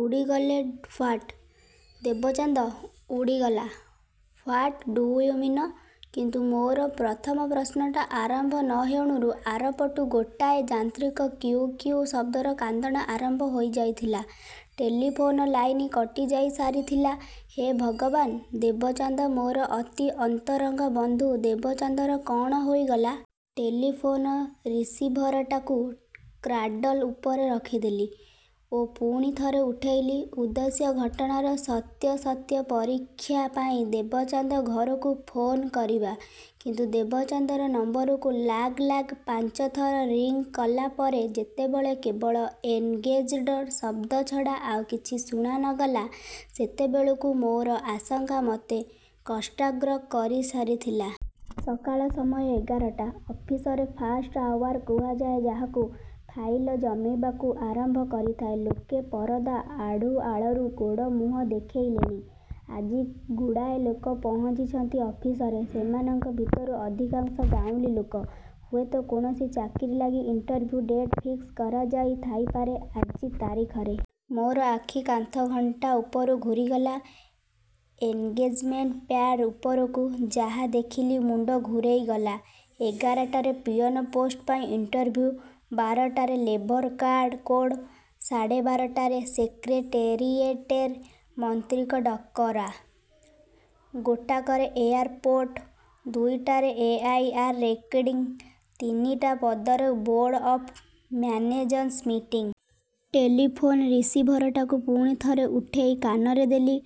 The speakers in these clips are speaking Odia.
ଉଡ଼ିଗଲେ! ହ୍ୱାଟ? ଦେବଚାନ୍ଦ? ଉଡ଼ିଗଲା? What do you mean? କିନ୍ତୁ ମୋର ପ୍ରଥମ ପ୍ରଶ୍ନଟା ଆରମ୍ଭ ନ ହେଉଣୁ ଆରପଟୁ ଗୋଟାଏ ଯାନ୍ତ୍ରିକ କ୍ୟୁଁ କ୍ୟୁଁ ଶବ୍ଦର କାନ୍ଦଣା ଆରମ୍ଭ ହୋଇଯାଇଥିଲା। Telephone line କଟିଯାଇସାରିଥିଲା। ହେ ଭଗବାନ! ଦେବଚାନ୍ଦ, ମୋର ଅତି ଅନ୍ତରଙ୍ଗ ବନ୍ଧୁ ଦେବଚାନ୍ଦର କଅଣ ହୋଇଗଲା! ଟେଲିଫୋନ ରିସିଭରଟାକୁ କ୍ରାଡଲ ଉପରେ ରଖିଦେଲି ଓ ପୁଣି ଥରେ ଉଠେଇଲି। ଉଦ୍ଦେଶ୍ୟ, ଘଟଣାର ସତ୍ୟାସତ୍ୟ ପରୀକ୍ଷା ପାଇଁ ଦେବଚାନ୍ଦ ଘରକୁ ଫୋନ କରିବା। କିନ୍ତୁ ଦେବଚାନ୍ଦର ନମ୍ବରକୁ ଲାଗ୍ ଲାଗ୍ ପାଞ୍ଚ ଥର ରିଂ କଲା ପରେ ଯେତେବେଳେ କେବଳ ଏନଗେଜ୍‌ଡ ଶବ୍ଦ ଛଡ଼ା ଆଉ କିଛି ଶୁଣା ନ ଗଲା, ସେତେବେଳକୁ ମୋର ଆଶଙ୍କା ମତେ କଣ୍ଠାଗ୍ର କରିସାରିଥିଲା। ସକାଳ ସମୟ ଏଗାରଟା। ଅଫିସରେ ଫାଷ୍ଟ ଆୱାର କୁହାଯାଏ ଯାହାକୁ। ଫାଇଲ ଜମିବାକୁ ଆରମ୍ଭ କରିଥାଏ। ଲୋକେ ପରଦା ଆଢ଼ୁଆଳରୁ ଗୋଡ଼ ମୁହଁ ଦେଖେଇଲେଣି। ଆଜି ଗୁଡ଼ାଏ ଲୋକ ପହଞ୍ଚିଛନ୍ତି ଅଫିସରେ। ସେମାନଙ୍କ ଭିତରୁ ଅଧିକାଂଶ ଗାଉଁଲୀ ଲୋକ। ହୁଏତ କୌଣସି ଚାକିରି ଲାଗି ଇଣ୍ଟରଭ୍ୟୁ ଡେଟ୍ ଫିକ୍ସ କରାଯାଇ ଥାଇପାରେ ଆଜି ତାରିଖରେ। ମୋର ଆଖି କାନ୍ଥଘଣ୍ଟା ଉପରୁ ଘୂରିଗଲା ଏନଗେଜମେଣ୍ଟ ପ୍ୟାଡ୍ ଉପରକୁ। ଯାହା ଦେଖିଲି ମୁଣ୍ଡ ଘୂରେଇଗଲା। ଏଗାରଟାରେ ପିଅନ ପୋଷ୍ଟ ପାଇଁ ଇଣ୍ଟରଭ୍ୟୁ, ବାରଟାରେ ଲେବର କୋର୍ଟ, ସାଢ଼େ ବାରଟାରେ ସେକ୍ରେଟେରିଏଟରେ ମନ୍ତ୍ରୀଙ୍କ ଡକରା, ଗୋଟାକରେ ଏୟାରପୋର୍ଟ, ଦୁଇଟାରେ ଏ ଆଇ ଆର ରେକର୍ଡିଂ, ତିନିଟା ପନ୍ଦରରେ board of managers meeting. Telephone ରିସିଭରଟାକୁ ପୁଣି ଥରେ ଉଠେଇ କାନରେ ଦେଲି।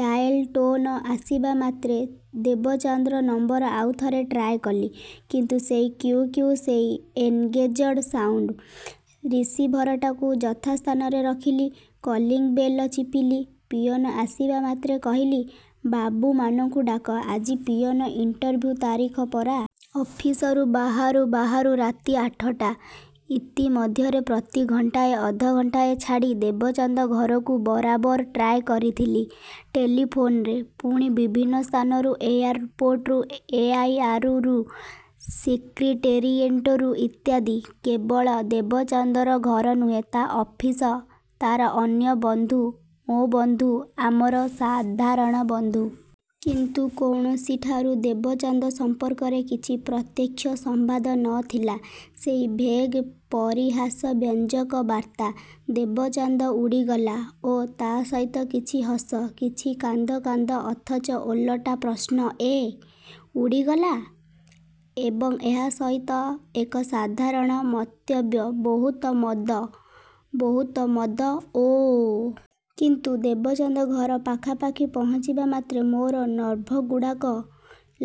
ଡାଏଲ ଟୋନ ଆସିବା ମାତ୍ରେ ଦେବଚାନ୍ଦର ନମ୍ବର ଆଉ ଥରେ ଟ୍ରାଏ କଲି। କିନ୍ତୁ ସେଇ କ୍ୟୁଁ କ୍ୟୁଁ, ସେଇ ଏନଗେଜ୍‌ଡ ସାଉଣ୍ଡ! ରିସିଭରଟିକୁ ଯଥାସ୍ଥାନରେ ରଖିଲି। କଲିଂବେଲ ଚିପିଲି। ପିଅନ ଆସିବା ମାତ୍ରେ କହିଲି, ବାବୁମାନଙ୍କୁ ଡାକ, ଆଜି ପିଅନ ଇଣ୍ଟରଭ୍ୟୁ ତାରିଖ ପରା! ଅଫିସରୁ ବାହାରୁ ବାହାରୁ ରାତି ଆଠଟା। ଇତିମଧ୍ୟରେ ପ୍ରତି ଘଣ୍ଟାଏ ଅଧଘଣ୍ଟାଏ ଛାଡ଼ି ଦେବଚାନ୍ଦ ଘରକୁ ବରାବର ଟ୍ରାଏ କରିଥିଲି ଟେଲିଫୋନରେ। ପୁଣି ବିଭିନ୍ନ ସ୍ଥାନରୁ, ଏୟାରପୋର୍ଟରୁ, ଏ ଆଇ ଆରରୁ, ସେକ୍ରେଟେରିଏଟରୁ ଇତ୍ୟାଦି। କେବଳ ଦେବଚାନ୍ଦର ଘର ନୁହେଁ, ତା' ଅଫିସ, ତାର ଅନ୍ୟ ବନ୍ଧୁ, ମୋ ବନ୍ଧୁ, ଆମର ସାଧାରଣ ବନ୍ଧୁ। କିନ୍ତୁ କୌଣସିଠାରୁ ଦେବଚାନ୍ଦ ସମ୍ପର୍କରେ କିଛି ପ୍ରତ୍ୟକ୍ଷ ସମ୍ବାଦ ନ ଥିଲା। ସେଇ ଭେଗ୍ ପରିହାସବ୍ୟଞ୍ଜକ ବାର୍ତ୍ତା, ଦେବଚାନ୍ଦ ଉଡ଼ିଗଲା, ଓ ତା' ସହିତ କିଛି ହସ, କିଛି କାନ୍ଦ କାନ୍ଦ ଅଥଚ ଓଲଟା ପ୍ରଶ୍ନ, ଏଁ? ଉଡ଼ିଗଲା? ଏବଂ ଏହା ସହିତ ଏକ ସାଧାରଣ ମନ୍ତବ୍ୟ, ବହୁତ ମଦ, ବହୁତ ମଦ, ଓଃ! କିନ୍ତୁ ଦେବଚାନ୍ଦ ଘର ପାଖାପାଖି ପହଞ୍ଚିବା ମାତ୍ରେ ମୋର ନର୍ଭଗୁଡ଼ାକ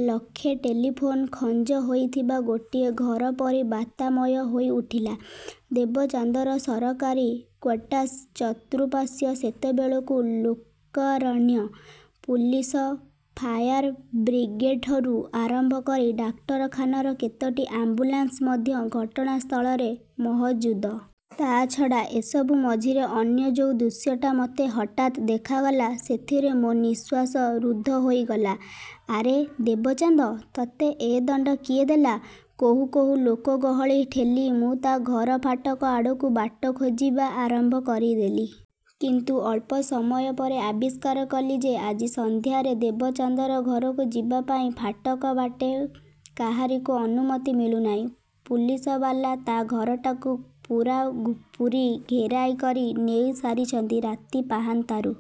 ଲକ୍ଷେ ଟେଲିଫୋନ ଖଞ୍ଜା ହୋଇଥିବା ଗୋଟିଏ ଘର ପରି ବାର୍ତ୍ତାମୟ ହୋଇଉଠିଲା। ଦେବଚାନ୍ଦର ସରକାରୀ କ୍ୱାଟର୍ସ ଚତୁଃପାର୍ଶ୍ୱ ସେତେବେଳକୁ ଲୋକାରଣ୍ୟ। ପୁଲିସ, ଫାୟାର ବ୍ରିଗେଡଠୁଁ ଆରମ୍ଭ କରି ଡାକ୍ତରଖାନାର କେତୋଟି ଆମ୍ବୁଲାନ୍ସ ମଧ୍ୟ ଘଟଣାସ୍ଥଳରେ ମହଜୁଦ। ତା' ଛଡ଼ା, ଏସବୁ ମଝିରେ ଅନ୍ୟ ଯୋଉ ଦୃଶ୍ୟଟା ମତେ ହଠାତ୍ ଦେଖାଗଲା ସେଥିରେ ମୋ ନିଃଶ୍ୱାସ ରୁଦ୍ଧ ହୋଇଗଲା। ଆରେ ଦେବଚାନ୍ଦ, ତତେ ଏ ଦଣ୍ଡ କିଏ ଦେଲା! କହୁ କହୁ ଲୋକଗହଳି ଠେଲି ମୁଁ ତା' ଘର ଫାଟକ ଆଡ଼କୁ ବାଟ ଖୋଜିବା ଆରମ୍ଭ କରିଦେଲି। କିନ୍ତୁ ଅଳ୍ପ ସମୟ ପରେ ଆବିଷ୍କାର କଲି ଯେ ଆଜି ସନ୍ଧ୍ୟାରେ ଦେବଚାନ୍ଦର ଘରକୁ ଯିବା ପାଇଁ ଫାଟକ ବାଟେ କାହାରିକୁ ଅନୁମତି ମିଳୁନାହିଁ। ପୁଲିସବାଲା ତା' ଘରଟାକୁ ପୂରାପୂରି ଘେରାଉ କରି ନେଇସାରିଛନ୍ତି ରାତି ପାହାନ୍ତାରୁ।